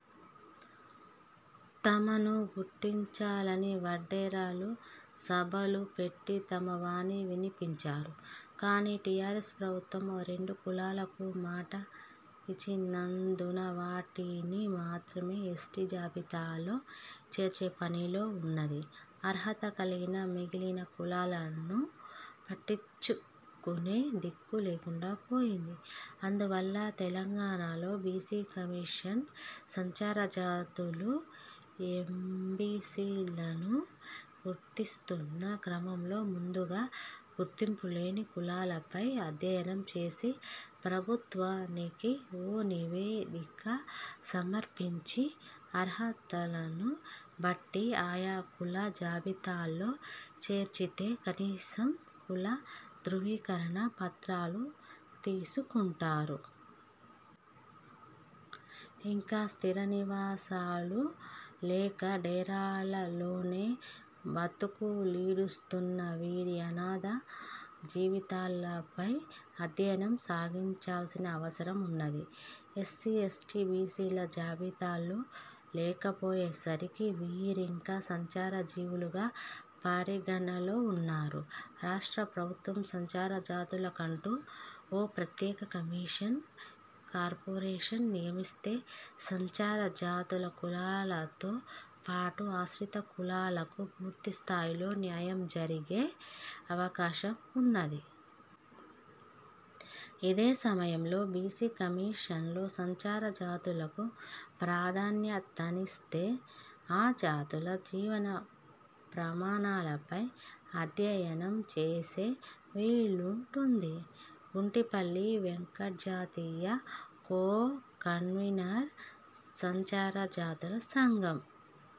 తమనూ గుర్తించాలని వడ్డెరలు సభలు పెట్టి తమ వాణి వినిపించారు. కానీ టీఆర్ఎస్ ప్రభుత్వం ఓ రెండు కులాలకు మాట ఇచ్చినందున వాటిని మాత్రమే ఎస్టీ జాబితాలో చేర్చే పనిలో ఉన్నది. అర్హత కలిగిన మిగిలిన కులాలను పట్టించుకునే దిక్కు లేకుండా పోయింది. అందువల్ల, తెలంగాణలో బీసీ కమిషన్ సంచార జాతులు, ఎంబీసీలను గుర్తిస్తున్న క్రమంలో ముందుగా గుర్తింపులేని కులాలపై అధ్యయనం చేసి ప్రభుత్వానికి ఓ నివేదిక సమర్పించి, అర్హతలను బట్టి ఆయా కుల జాబితాల్లో చేర్చితే, కనీసం కుల ధ్రువీకరణ పత్రాలు తీసుకుంటారు. ఇంకా స్థిర నివసాలు లేక, డేరాలలోనే బతుకులీడిస్తున్న వీరి అనాథ జీవితాలపై అధ్యయనం సాగించాల్సిన అవసరం ఉన్నది. ఎస్సీ, ఎస్టీ, బీసీల జాబితాలో లేకపోయే సరికి వీరింకా సంచార జీవులుగా పరిగణనలో ఉన్నారు. రాష్ట్ర ప్రభుత్వం సంచార జాతులకంటూ ఓ ప్రత్యేక కమిషన్, కార్పొరేషన్ నియమిస్తే సంచార జాతుల కులాలతో పాటు ఆశ్రిత కులాలకు పూర్తిస్థాయిలో న్యాయం జరిగే అవకాశం ఉన్నది. ఇదే సమయంలో బీసీ కమిషన్లో సంచార జాతులకు ప్రాధాన్యతనిస్తే ఆ జాతుల జీవన ప్రమాణాలపై అధ్యయనం చేసే వీలుంటుంది. గుంటిపల్లి వెంకట్జాతీయ కో–కన్వీనర్, సంచార జాతుల సంఘం।